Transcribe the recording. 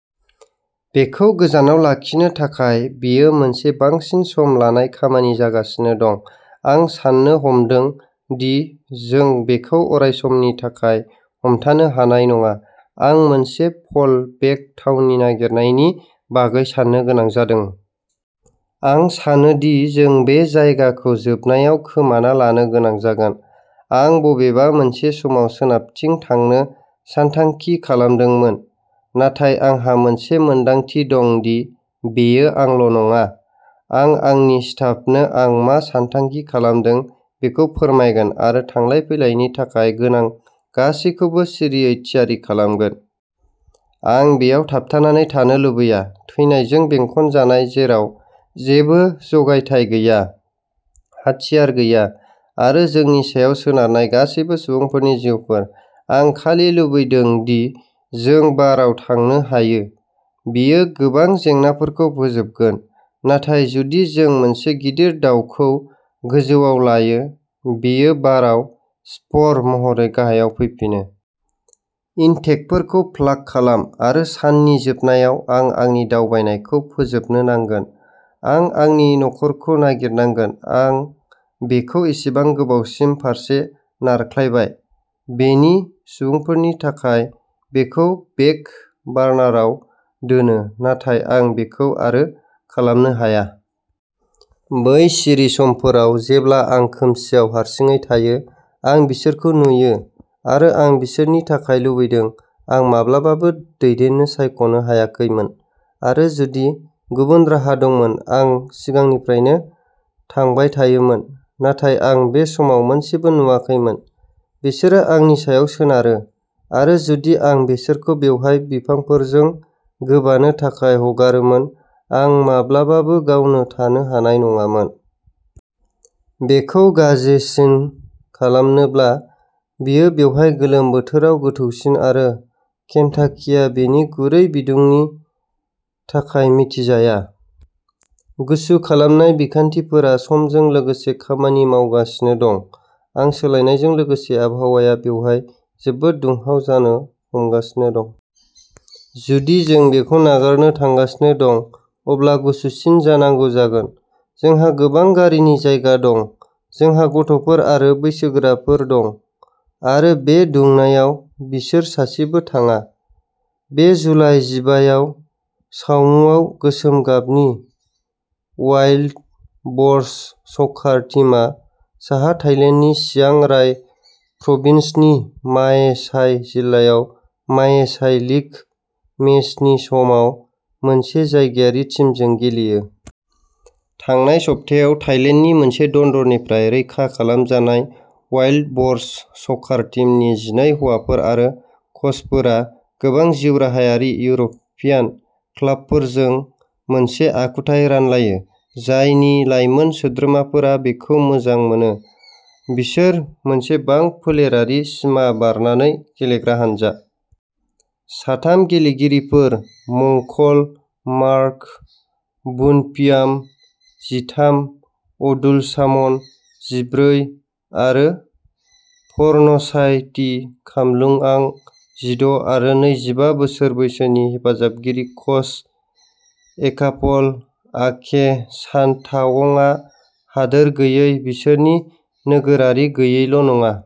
बेखौ गोजानाव लाखिनो थाखाय बेयो मोनसे बांसिन सम लानाय खामानि जागासिनो दं। आं साननो हमदों दि जों बेखौ अरायसमनि थाखाय हमथानो हानाय नङा। आं मोनसे फ'ल बेक थावनि नागिरनायनि बागै साननो गोनां जादों। आं सानो दि जों बे जायगाखौ जोबनायाव खोमाना लानो गोनां जागोन। आं बबेबा मोनसे समाव सोनाबथिं थांनो सानथांखि खालामदोंमोन, नाथाय आंहा मोनसे मोनदांथि दं दि बेयो आंल' नङा। आं आंनि स्टाफनो आं मा सानथांखि खालामदों बेखौ फोरमायगोन आरो थांलाय फैलायनि थाखाय गोनां गासैखौबो सिरियै थियारि खालामगोन। आं बेयाव थाबथानानै थानो लुबैया, थैनायजों बेंखनजानाय जेराव जेबो जगायथाय गैया, हाथियार गैया, आरो जोंनि सायाव सोनारनाय गासैबो सुबुंफोरनि जिउफोर। आं खालि लुबैदों दि जों बाराव थांनो हायो, बेयो गोबां जेंनाफोरखौ फोजोबगोन, नाथाय जुदि जों मोनसे गिदिर दाउखौ गोजौआव लायो, बेयो बाराव स्पर महरै गाहायाव फैफिनो। इनटेकफोरखौ प्लाग खालाम। आरो, साननि जोबनायाव, आं आंनि दावबायनायखौ फोजोबनो नांगोन। आं आंनि नखरखौ नागिरनांगोन। आं बेखौ एसेबां गोबावसिम फारसे नारख्लायबाय, बेनि सुबुंफोरनि थाखाय बेखौ बेक बार्नाराव दोनो, नाथाय आं बेखौ आरो खालामनो हाया। बै सिरि समफोराव, जेब्ला आं खोमसिआव हारसिङै थायो, आं बिसोरखौ नुयो आरो आं बिसोरनि थाखाय लुबैदों। आं माब्लाबाबो दैदेननो सायख'नो हायाखैमोन, आरो जुदि गुबुन राहा दंमोन, आं सिगांनिफ्रायनो थांबाय थायोमोन, नाथाय आं बे समाव मोनसेबो नुवाखैमोन, बिसोरो आंनि सायाव सोनारो, आरो जुदि आं बिसोरखौ बेवहाय बिफांफोरजों गोबानो थाखाय हगारोमोन, आं माब्लाबाबो गावनो थानो हानाय नङामोन। बेखौ गाज्रिसिन खालामनोब्ला, बेयो बेवहाय गोलोम बोथोराव गोथौसिन, आरो केन्टाकिआ बेनि गुरै बिदुंनि थाखाय मिथिजाया। गुसु खालामनाय बिखान्थिफोरा समजों लोगोसे खामानि मावगासिनो दं, आरो सोलायनायजों लोगोसे आबहावाया बेवहाय जोबोद दुंहाव जानो हमगासिनो दं। जुदि जों बेखौ नागारनो थांगासिनो दं, अब्ला गुसुसिन जानांगौ जागोन, जोंहा गोबां गारिनि जायगा दं, जोंहा गथ'फोर आरो बैसोगोराफोर दं, आरो बे दुंनायाव बिसोर सासेबो थाङा। बे जुलाइ जिबा याव, सावमुआव, गोसोम गाबनि अवाइल्ड ब'र्स स'कार टिमआ, साहा थाइलेन्डनि चियां राय प्रभिन्सनि माए साइ जिल्लायाव माए साइ लिग मेचनि समाव मोनसे जायगायारि टिमजों गेलेयो। थांनाय सप्तायाव थाइलेन्डनि मोनसे दन्दरनिफ्राय रैखा खालामजानाय अवाइल्ड ब'र्स स'कार टिमनि जिनै हौवाफोर आरो कचफोरा गोबां जिउराहायारि इउर'पियान क्लाबफोरजों मोनसे आखुथाय रानलायो, जायनि लाइमोन सोद्रोमाफोरा बेखौ मोजां मोनो बिसोर मोनसे बां फोलेरारि, सिमा बारनानै गेलेग्रा हानजा। साथाम गेलेगिरिफोर मंकल मार्क बुनपियाम, जिथाम, अदुल साम'न, जिब्रै, आरो पर्नचाइ टि खामलुआं, जिद’ आरो नैजिबा बोसोर बैसोनि हेफाजाबगिरि कच एकापल आके चानथावंआ हादोर गैयै, बिसोरनि नोगोरारि गैयैल' नङा।